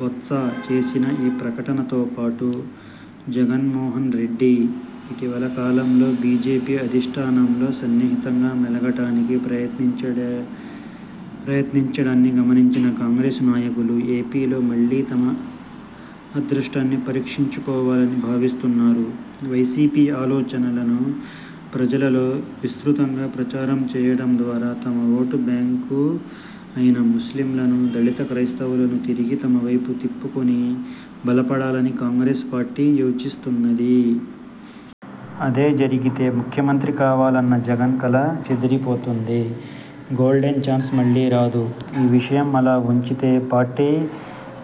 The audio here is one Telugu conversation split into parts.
బొత్స చేసిన ఈ ప్రకటనతో పాటు జగన్మోహన్రెడ్డి ఇటీవలి కాలంలో బీజేపీ అధిష్ఠానంతో సన్నిహితంగా మెలగడానికి ప్రయత్నించడాన్ని గమనించిన కాంగ్రెస్ నాయకులు ఏపీలో మళ్లీ తమ అదృష్టాన్ని పరీక్షించుకోవాలని భావిస్తున్నారు. వైసీపీ ఆలోచనలను ప్రజలలో విస్తృతంగా ప్రచారం చేయడం ద్వారా తమ ఓటు బ్యాంకు అయిన ముస్లింలను, దళిత క్రైస్తవులను తిరిగి తమవైపు తిప్పుకొని బలపడాలని కాంగ్రెస్ పార్టీ యోచిస్తున్నది. అదే జరిగితే ముఖ్యమంత్రి కావాలన్న జగన్ కల చెదిరిపోతుంది. గోల్డెన్ చాన్స్ మళ్లీ రాదు! ఈ విషయం అలా ఉంచితే పార్టీ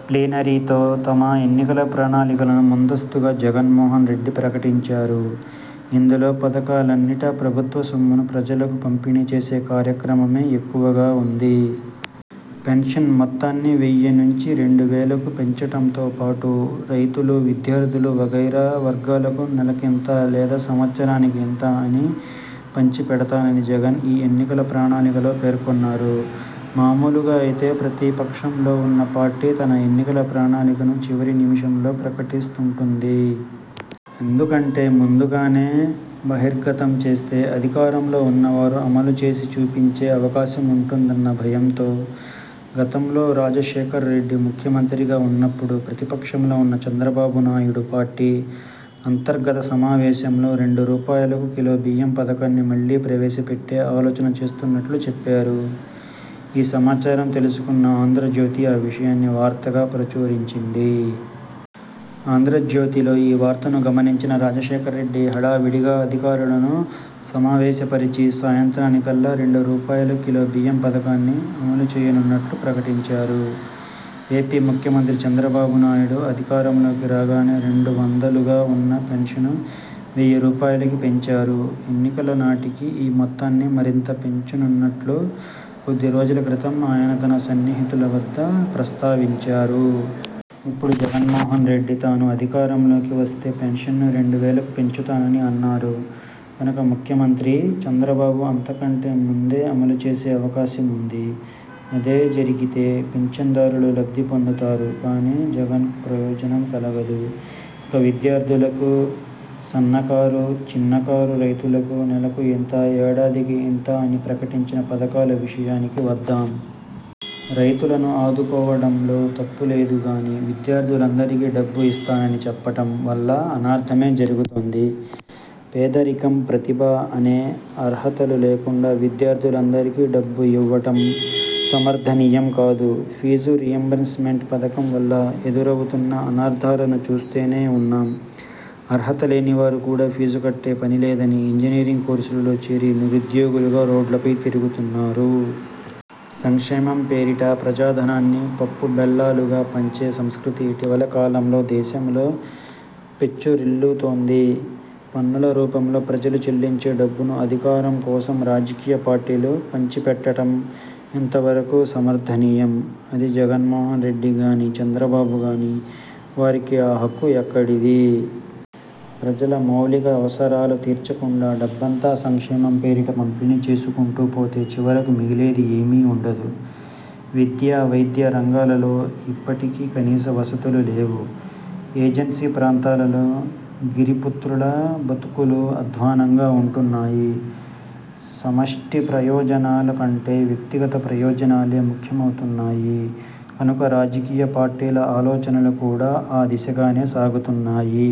ప్లీనరీలో తమ ఎన్నికల ప్రణాళికను ముందస్తుగా జగన్మోహన్రెడ్డి ప్రకటించారు. ఇందులో పథకాలన్నిటా ప్రభుత్వ సొమ్మును ప్రజలకు పంపిణీ చేసే కార్యక్రమమే ఎక్కువగా ఉంది. పెన్షన్ మొత్తాన్ని వెయ్యి నుంచి రెండు వేలకు పెంచడంతోపాటు రైతులు, విద్యార్థులు వగైరా వర్గాలకు నెలకింత లేదా సంవత్సరానికి ఇంత అని పంచి పెడతానని జగన్ ఈ ఎన్నికల ప్రణాళికలో పేర్కొన్నారు. మామూలుగా అయితే ప్రతిపక్షంలో ఉన్న పార్టీ తన ఎన్నికల ప్రణాళికను చివరి నిముషంలో ప్రకటిస్తుంటుంది. ఎందుకంటే ముందుగానే బహిర్గతం చేస్తే అధికారంలో ఉన్నవారు అమలుచేసి చూపించే అవకాశం ఉంటుందన్న భయంతో! గతంలో రాజశేఖర్రెడ్డి ముఖ్యమంత్రిగా ఉన్నప్పుడు ప్రతిపక్షంలో ఉన్న చంద్రబాబు నాయుడు పార్టీ అంతర్గత సమావేశంలో రెండు రూపాయలకు కిలో బియ్యం పథకాన్ని మళ్లీ ప్రవేశపెట్టే ఆలోచన చేస్తున్నట్టు చెప్పారు. ఈ సమాచారం తెలుసుకున్న 'ఆంధ్రజ్యోతి' ఆ విషయాన్ని వార్తగా ప్రచురించింది. 'ఆంధ్రజ్యోతి'లో ఈ వార్తను గమనించిన రాజశేఖర్రెడ్డి హడావుడిగా అధికారులను సమావేశపరచి సాయంత్రానికల్లా రెండు రూపాయల కిలో బియ్యం పథకాన్ని అమలుచేయనున్నట్టు ప్రకటించారు. ఏపీ ముఖ్యమంత్రి చంద్రబాబు నాయుడు అధికారంలోకి రాగానే రెండు వందలుగా ఉన్న పెన్షన్ను వెయ్యి రూపాయలకు పెంచారు. ఎన్నికల నాటికి ఈ మొత్తాన్ని మరింత పెంచనున్నట్టు కొద్ది రోజుల క్రితం ఆయన తన సన్నిహితుల వద్ద ప్రస్తావించారు. ఇప్పుడు జగన్మోహన్రెడ్డి తాను అధికారంలోకి వస్తే పెన్షన్ను రెండు వేలకు పెంచుతానని అన్నారు కనుక ముఖ్యమంత్రి చంద్రబాబు అంతకంటే ముందే అమలుచేసే అవకాశం ఉంది. అదే జరిగితే పింఛన్దారులు లబ్ధి పొందుతారు కానీ జగన్కు ప్రయోజనం కలగదు. ఇక విద్యార్థులకు, సన్నకారు– చిన్నకారు రైతులకు నెలకు ఇంత, ఏడాదికి ఇంత అని ప్రకటించిన పథకాల విషయానికి వద్దాం. రైతులను ఆదుకోవడంలో తప్పు లేదు గానీ విద్యార్థులందరికీ డబ్బు ఇస్తామని చెప్పడం వల్ల అనర్థమే జరుగుతుంది. పేదరికం, ప్రతిభ అనే అర్హతలు లేకుండా విద్యార్థులందరికీ డబ్బు ఇవ్వడం సమర్థనీయం కాదు. ఫీజు రీయింబర్స్మెంట్ పథకం వల్ల ఎదురవుతున్న అనర్థాలను చూస్తూనే ఉన్నాం. అర్హత లేనివారు కూడా ఫీజు కట్టే పనిలేదని ఇంజనీరింగ్ కోర్సులలో చేరి నిరుద్యోగులుగా రోడ్లపై తిరుగుతున్నారు. సంక్షేమం పేరిట ప్రజాధనాన్ని పప్పు బెల్లాలుగా పంచే సంస్కృతి ఇటీవలి కాలంలో దేశంలో పెచ్చరిల్లుతోంది. పన్నుల రూపంలో ప్రజలు చెల్లించే డబ్బును అధికారం కోసం రాజకీయ పార్టీలు పంచిపెట్టడం ఎంత వరకు సమర్థనీయం? అది జగన్మోహన్రెడ్డి గానీ, చంద్రబాబు గానీ వారికి ఆ హక్కు ఎక్కడిది? ప్రజల మౌలిక అవసరాలు తీర్చకుండా డబ్బంతా సంక్షేమం పేరిట పంపిణీ చేసుకుంటూ పోతే చివరకు మిగిలేది ఏమీ ఉండదు. విద్య, వైద్య రంగాలలో ఇప్పటికీ కనీస వసతులు లేవు. ఏజెన్సీ ప్రాంతాలలో గిరిపుత్రుల బతుకులు అధ్వాన్నంగా ఉంటున్నాయి. సమష్టి ప్రయోజనాల కంటే వ్యక్తిగత ప్రయోజనాలే ముఖ్యమవుతున్నాయి కనుక రాజకీయ పార్టీల ఆలోచనలు కూడా ఆ దిశగానే సాగుతున్నాయి.